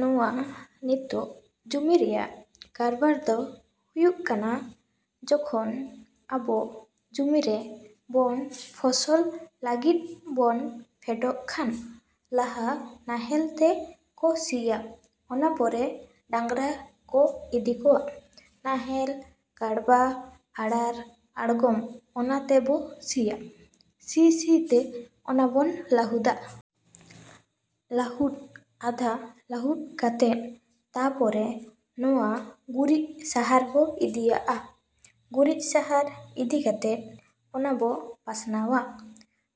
ᱱᱚᱣᱟ ᱱᱤᱛᱚᱜ ᱡᱚᱢᱤ ᱨᱮᱭᱟᱜ ᱠᱟᱨᱵᱟᱨᱫᱚ ᱦᱩᱭᱩᱜ ᱠᱟᱱᱟ, ᱡᱚᱠᱷᱚᱱ ᱟᱵᱚ ᱡᱚᱢᱤᱨᱮ ᱵᱚᱱ ᱯᱷᱚᱥᱚᱞ ᱞᱟᱹᱜᱤᱫ ᱵᱚᱱ ᱯᱷᱮᱰᱚᱜ ᱠᱷᱟᱱ ᱞᱟᱦᱟ ᱱᱟᱦᱮᱞᱛᱮ ᱠᱚ ᱥᱤᱭᱟ᱾ ᱚᱱᱟ ᱯᱚᱨᱮ ᱰᱟᱝᱨᱟ ᱠᱚ ᱤᱫᱤ ᱠᱚᱣᱟ, ᱱᱟᱦᱮᱞ, ᱠᱟᱬᱵᱟ, ᱟᱬᱟᱲ, ᱟᱲᱜᱚᱢ ᱚᱱᱟᱛᱮᱵᱚ ᱥᱤᱭᱟ᱾ ᱥᱤ ᱥᱤᱛᱮ ᱚᱱᱟᱵᱚᱱ ᱞᱟᱹᱦᱩᱫᱟ᱾ ᱞᱟᱹᱦᱩᱫ ᱟᱫᱷᱟ ᱞᱟᱹᱦᱩᱫ ᱠᱟᱛᱮᱫ ᱛᱟᱯᱚᱨᱮ ᱱᱚᱣᱟ ᱜᱩᱨᱤᱡ ᱥᱟᱦᱟᱨᱵᱚ ᱤᱫᱤᱭᱟᱜᱼᱟ᱾ ᱜᱩᱨᱤᱡ ᱥᱟᱦᱟᱨ ᱤᱫᱤ ᱠᱟᱛᱮᱫ ᱚᱱᱟᱵᱚ ᱯᱟᱥᱱᱟᱣᱟ᱾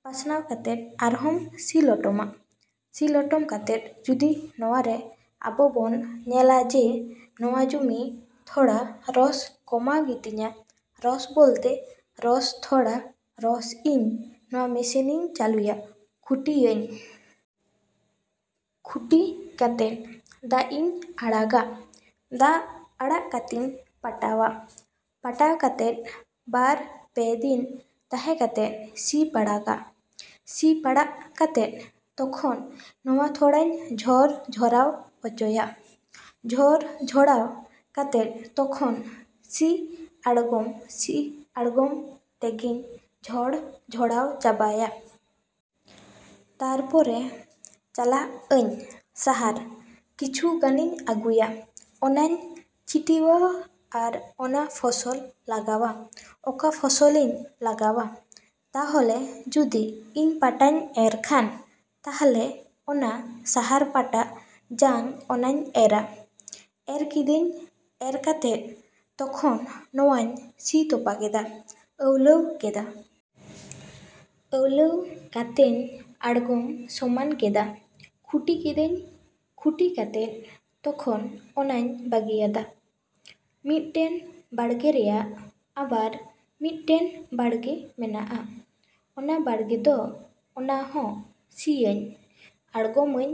ᱯᱟᱥᱱᱟᱣ ᱠᱟᱛᱮᱫ ᱟᱨᱦᱚᱢ ᱥᱤ ᱞᱚᱴᱚᱢᱟ᱾ ᱥᱤ ᱞᱚᱴᱚᱢ ᱠᱟᱛᱮᱫ ᱡᱚᱫᱤ ᱱᱚᱣᱟᱨᱮ ᱟᱵᱚ ᱵᱚᱱ ᱧᱮᱞᱟ ᱡᱮ ᱱᱚᱣᱟ ᱡᱚᱢᱤ ᱛᱷᱚᱲᱟ ᱨᱚᱥ ᱠᱚᱢᱟᱣ ᱜᱤᱛᱤᱧᱟ, ᱨᱚᱥ ᱵᱚᱞᱛᱮ ᱨᱚᱥ ᱛᱷᱚᱲᱟ ᱨᱚᱥ ᱤᱧ ᱱᱚᱣᱟ ᱢᱮᱥᱤᱱᱤᱧ ᱪᱟᱹᱞᱩᱭᱟ, ᱠᱷᱩᱴᱤᱭᱟᱹᱧ᱾ ᱠᱷᱩᱴᱤ ᱠᱟᱛᱮᱫ ᱫᱟᱜ ᱤᱧ ᱟᱲᱟᱜᱟ᱾ ᱫᱟᱜ ᱟᱲᱟᱜ ᱠᱟᱛᱮᱧ ᱯᱟᱴᱟᱣᱟ᱾ ᱯᱟᱴᱟᱣ ᱠᱟᱛᱮᱫ ᱵᱟᱨᱼᱯᱮ ᱫᱤᱱ ᱛᱟᱦᱮᱸ ᱠᱟᱛᱮᱫ ᱥᱤ ᱯᱟᱲᱟᱜᱼᱟ᱾ ᱥᱤ ᱯᱟᱲᱟᱜ ᱠᱟᱛᱮᱫ ᱛᱚᱠᱷᱚᱱ ᱱᱚᱣᱟ ᱛᱷᱚᱲᱟᱧ ᱡᱷᱚᱨᱼᱡᱷᱚᱨᱟᱣ ᱚᱪᱚᱭᱟ᱾ ᱡᱷᱚᱨᱼᱡᱷᱚᱲᱟᱣ ᱠᱟᱛᱮᱫ ᱛᱚᱠᱷᱚᱱ ᱥᱤ ᱟᱲᱜᱚᱢ ᱥᱤ ᱟᱲᱜᱚᱢ ᱛᱮᱜᱮᱧ ᱡᱷᱚᱲ-ᱡᱷᱚᱲᱟᱣ ᱪᱟᱵᱟᱭᱟ᱾ ᱛᱟᱨᱯᱚᱨᱮ ᱪᱟᱞᱟᱜᱼᱟᱹᱧ ᱥᱟᱦᱟᱨ ᱠᱤᱪᱷᱩ ᱜᱟᱱᱤᱧ ᱟᱹᱜᱩᱭᱟ, ᱚᱱᱟᱧ ᱪᱷᱤᱴᱤᱣᱟ ᱟᱨ ᱚᱱᱟ ᱯᱷᱚᱥᱚᱞ ᱞᱟᱜᱟᱣᱟ᱾ ᱚᱠᱟ ᱯᱷᱚᱥᱞᱤᱧ ᱞᱟᱜᱟᱣᱟ, ᱛᱟᱦᱚᱞᱮ ᱡᱩᱫᱤ ᱤᱧ ᱯᱟᱴᱟᱧ ᱮᱨ ᱠᱷᱟᱱ ᱛᱟᱦᱞᱮ ᱚᱱᱟ ᱥᱟᱦᱟᱨ ᱯᱟᱴᱟ ᱡᱟᱝ ᱚᱱᱟᱧ ᱮᱨᱟ᱾ ᱮᱨ ᱠᱮᱫᱟᱹᱧ, ᱮᱨ ᱠᱟᱛᱮᱫ ᱛᱚᱠᱷᱚᱱ ᱱᱚᱣᱟᱧ ᱥᱤ ᱛᱚᱯᱟ ᱠᱮᱫᱟ, ᱟᱹᱣᱞᱟᱹᱣ ᱠᱮᱫᱟ᱾ ᱟᱹᱣᱞᱟᱹᱣ ᱠᱟᱛᱮᱧ ᱟᱲᱜᱚᱢ ᱥᱚᱢᱟᱱ ᱠᱮᱫᱟ, ᱠᱷᱩᱴᱤ ᱠᱮᱫᱟᱹᱧ᱾ ᱠᱷᱩᱴᱤ ᱠᱟᱛᱮᱫ ᱛᱚᱠᱷᱚᱱ ᱚᱱᱟᱧ ᱵᱟᱹᱜᱤᱭᱟᱫᱟ᱾ ᱢᱤᱫᱴᱮᱱ ᱵᱟᱲᱜᱮ ᱨᱮᱭᱟᱜ ᱟᱵᱟᱨ ᱢᱤᱫᱴᱮᱱ ᱵᱟᱲᱜᱮ ᱢᱮᱱᱟᱜᱼᱟ᱾ ᱚᱱᱟ ᱵᱟᱲᱜᱮᱫᱚ ᱚᱱᱟᱦᱚᱸ ᱥᱤᱭᱟᱹᱧ, ᱟᱲᱜᱚᱢᱟᱹᱧ᱾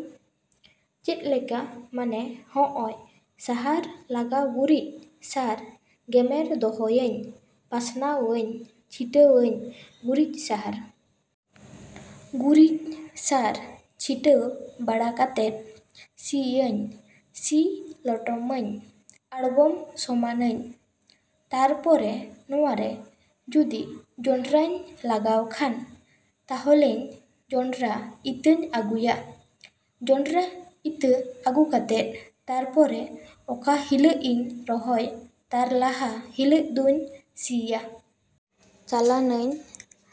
ᱪᱮᱫᱞᱮᱠᱟ ᱢᱟᱱᱮ ᱦᱚᱸᱜᱼᱚᱭ ᱥᱟᱦᱟᱨ ᱞᱟᱜᱟᱣ ᱜᱩᱨᱤᱡ ᱥᱟᱨ ᱜᱮᱢᱮᱨ ᱫᱚᱦᱚᱭᱟᱹᱧ, ᱯᱟᱥᱱᱟᱣᱟᱹᱧ, ᱪᱷᱤᱴᱟᱹᱣᱟᱹᱧ ᱜᱩᱨᱤᱡ ᱥᱟᱦᱟᱨ᱾ ᱜᱩᱨᱤᱡ ᱥᱟᱨ ᱪᱷᱤᱴᱟᱹᱣ ᱵᱟᱲᱟ ᱠᱟᱛᱮᱫ ᱥᱤᱭᱟᱹᱧ, ᱥᱤ ᱞᱚᱴᱚᱢᱟᱹᱧ, ᱟᱲᱜᱚᱢ ᱥᱚᱢᱟᱱᱟᱹᱧ᱾ ᱛᱟᱨᱯᱚᱨᱮ ᱱᱚᱣᱟᱨᱮ ᱡᱩᱫᱤ ᱡᱚᱸᱰᱨᱟᱧ ᱞᱟᱜᱟᱣ ᱠᱷᱟᱱ, ᱛᱟᱦᱚᱞᱮᱧ ᱡᱚᱸᱰᱨᱟ ᱤᱛᱟᱹᱧ ᱟᱹᱜᱩᱭᱟ᱾ ᱡᱚᱸᱰᱨᱟ ᱤᱛᱟᱹ ᱟᱹᱜᱩ ᱠᱟᱛᱮᱫ, ᱛᱟᱨᱯᱚᱨᱮ ᱚᱠᱟ ᱦᱤᱞᱟᱹᱜᱤᱧ ᱨᱚᱦᱚᱭ ᱛᱟᱨ ᱞᱟᱦᱟ ᱦᱤᱞᱟᱹᱜ ᱫᱚᱧ ᱥᱤᱭᱟ᱾ ᱪᱟᱞᱟᱱᱟᱹᱧ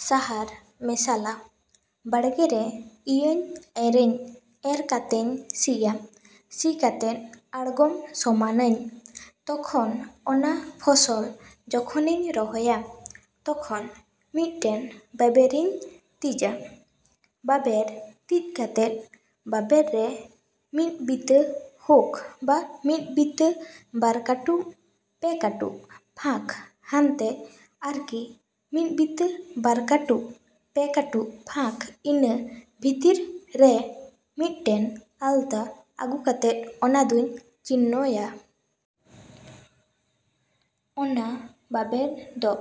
ᱥᱟᱦᱟᱨ ᱢᱮᱥᱟᱞᱟ ᱵᱟᱲᱜᱮᱨᱮ ᱤᱭᱟᱹᱧ ᱮᱨᱟᱧ᱾ ᱮᱨ ᱠᱟᱛᱮᱧ ᱥᱤᱭᱟ᱾ ᱥᱤ ᱠᱟᱛᱮᱫ ᱟᱲᱜᱚᱢ ᱥᱚᱢᱟᱱᱟᱹᱧ᱾ ᱛᱚᱠᱷᱚᱱ ᱚᱱᱟ ᱯᱷᱚᱥᱚᱞ ᱡᱚᱠᱷᱚᱱᱤᱧ ᱨᱚᱦᱚᱭᱟ ᱛᱚᱠᱷᱚᱱ ᱢᱤᱫᱴᱮᱱ ᱵᱟᱵᱮᱨ ᱤᱧ ᱛᱤᱡᱟ᱾ ᱵᱟᱵᱮᱨ ᱛᱤᱡ ᱠᱟᱛᱮᱫ ᱵᱟᱵᱮᱨ ᱨᱮ ᱢᱤᱫ ᱵᱤᱛᱟᱹ ᱦᱳᱠ ᱵᱟ ᱢᱤᱫ ᱵᱤᱛᱟᱹ ᱵᱟᱨ ᱠᱟᱹᱴᱩᱵ ᱯᱮ ᱠᱟᱹᱴᱩᱵ ᱯᱷᱟᱸᱠ ᱦᱟᱱᱛᱮ ᱟᱨᱠᱤ ᱢᱤᱫ ᱵᱤᱛᱟᱹ ᱵᱟᱨ ᱠᱟᱹᱴᱩᱵ ᱯᱮ ᱠᱟᱹᱴᱩᱵ ᱯᱷᱟᱸᱠ ᱤᱱᱟᱹ ᱵᱷᱤᱛᱤᱨ ᱨᱮ ᱢᱤᱫᱴᱮᱱ ᱟᱞᱛᱟ ᱟᱹᱜᱩ ᱠᱟᱛᱮᱫ ᱚᱱᱟᱫᱚᱧ ᱪᱤᱱᱱᱚᱭᱟ᱾ ᱚᱱᱟ ᱵᱟᱵᱮᱨᱫᱚ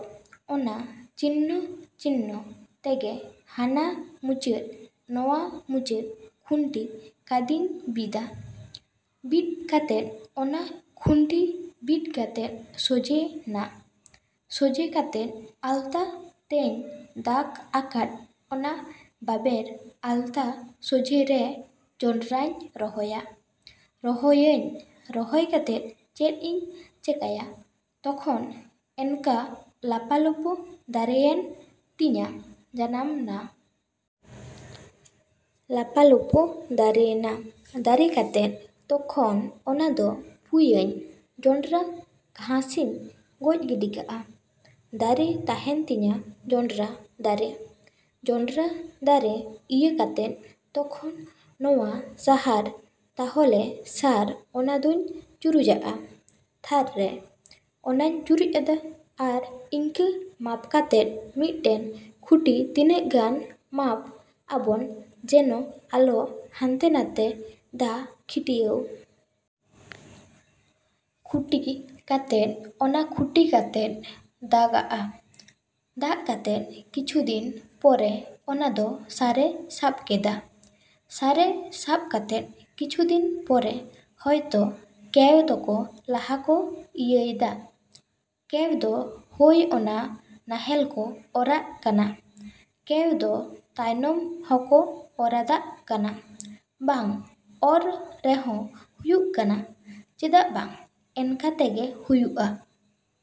ᱚᱱᱟ ᱪᱤᱱᱱᱚ-ᱪᱤᱱᱱᱚ ᱛᱮᱜᱮ ᱦᱟᱱᱟ ᱢᱩᱪᱟᱹᱫ ᱱᱚᱣᱟ ᱢᱩᱪᱟᱹᱫ ᱠᱷᱩᱱᱴᱤ ᱠᱟᱫᱤᱧ ᱵᱤᱫᱟ᱾ ᱵᱤᱫ ᱠᱟᱛᱮᱫ ᱚᱱᱟ ᱠᱷᱩᱱᱴᱤ ᱵᱤᱫ ᱠᱟᱛᱮᱫ ᱥᱳᱡᱷᱮᱱᱟ, ᱥᱚᱡᱷᱮ ᱠᱟᱛᱮᱫ ᱟᱞᱛᱟ ᱛᱮᱧ ᱫᱟᱜᱽ ᱟᱠᱟᱫ ᱚᱱᱟ ᱵᱟᱵᱮᱨ ᱟᱞᱛᱟ ᱥᱚᱡᱷᱮᱨᱮ ᱡᱚᱸᱰᱨᱟᱧ ᱨᱚᱦᱚᱭᱟ᱾ ᱨᱚᱦᱚᱭᱟᱹᱧ, ᱨᱚᱦᱚᱭ ᱠᱟᱛᱮᱫ ᱪᱮᱫᱼᱤᱧ ᱪᱮᱠᱟᱭᱟ ᱛᱚᱠᱷᱚᱱ ᱮᱱᱠᱟ ᱞᱟᱯᱟᱞᱳᱯᱳ ᱫᱟᱨᱮᱭᱮᱱ ᱛᱤᱧᱟᱹ, ᱡᱟᱱᱟᱢᱱᱟ᱾ ᱞᱟᱯᱟᱞᱳᱯᱳ ᱫᱟᱨᱮᱭᱱᱟ᱾ ᱫᱟᱨᱮ ᱠᱟᱛᱮᱫ ᱛᱚᱠᱷᱚᱱ ᱚᱱᱟᱫᱚ ᱯᱩᱭᱟᱹᱧ ᱡᱚᱸᱰᱨᱟ ᱜᱷᱟᱥᱤᱧ ᱜᱚᱡ ᱜᱤᱰᱤ ᱠᱟᱜᱼᱟ᱾ ᱫᱟᱨᱮ ᱛᱟᱦᱮᱱ ᱛᱤᱧᱟᱹ ᱡᱚᱸᱰᱨᱟ ᱫᱟᱨᱮ᱾ ᱡᱚᱸᱰᱨᱟ ᱫᱟᱨᱮ ᱤᱭᱟᱹ ᱠᱟᱛᱮᱫ ᱛᱚᱠᱷᱚᱱ ᱱᱚᱣᱟ ᱥᱟᱦᱟᱨ ᱛᱟᱦᱚᱞᱮ ᱥᱟᱨ ᱚᱱᱟᱫᱚᱧ ᱪᱩᱨᱩᱡᱟᱜᱼᱟ ᱛᱷᱟᱨ ᱨᱮ᱾ ᱚᱱᱟᱧ ᱪᱩᱨᱩᱡᱼᱟᱫᱟ ᱟᱨ ᱤᱝᱠᱟ ᱢᱟᱯ ᱠᱟᱛᱮᱫ ᱢᱤᱫᱴᱮᱱ ᱠᱷᱩᱴᱤ ᱛᱤᱱᱟᱹᱜ ᱜᱟᱱ ᱢᱟᱯ ᱟᱵᱚᱱ ᱡᱮᱱᱚ ᱟᱞᱚ ᱦᱟᱱᱛᱮ ᱱᱟᱛᱮ ᱫᱟᱜ ᱠᱷᱴᱤᱭᱟᱣ᱾ ᱠᱷᱩᱴᱤ ᱠᱟᱛᱮᱫ ᱚᱱᱟ ᱠᱷᱩᱴᱤ ᱠᱟᱛᱮᱫ ᱫᱟᱜᱟᱜᱼᱟ᱾ ᱫᱟᱜ ᱠᱟᱛᱮᱫ ᱠᱤᱪᱷᱩᱫᱤᱱ ᱯᱚᱨᱮ ᱚᱱᱟᱫᱚ ᱥᱟᱨᱮ ᱥᱟᱵ ᱠᱮᱫᱟ᱾ ᱥᱟᱨᱮ ᱥᱟᱵ ᱠᱟᱛᱮᱫ ᱠᱤᱪᱷᱩᱫᱤᱱ ᱯᱚᱨᱮ ᱦᱚᱭᱛᱚ ᱠᱮᱣ ᱫᱚᱠᱚ ᱞᱟᱦᱟᱠᱚ ᱤᱭᱟᱹᱭᱫᱟ᱾ ᱠᱮᱣᱫᱚ ᱦᱳᱭ ᱚᱱᱟ ᱱᱟᱦᱮᱞᱠᱚ ᱚᱨᱟᱜ ᱠᱟᱱᱟ᱾ ᱠᱮᱣᱫᱚ ᱛᱟᱭᱱᱚᱢ ᱦᱚᱸᱠᱚ ᱚᱨᱟᱫᱟᱜ ᱠᱟᱱᱟ ᱵᱟᱝ ᱚᱨ ᱨᱮᱦᱚᱸ ᱦᱩᱭᱩᱜ ᱠᱟᱱᱟ ᱪᱮᱫᱟᱜ ᱵᱟᱝ ᱮᱱᱠᱟ ᱛᱮᱜᱮ ᱦᱩᱭᱩᱜᱼᱟ᱾।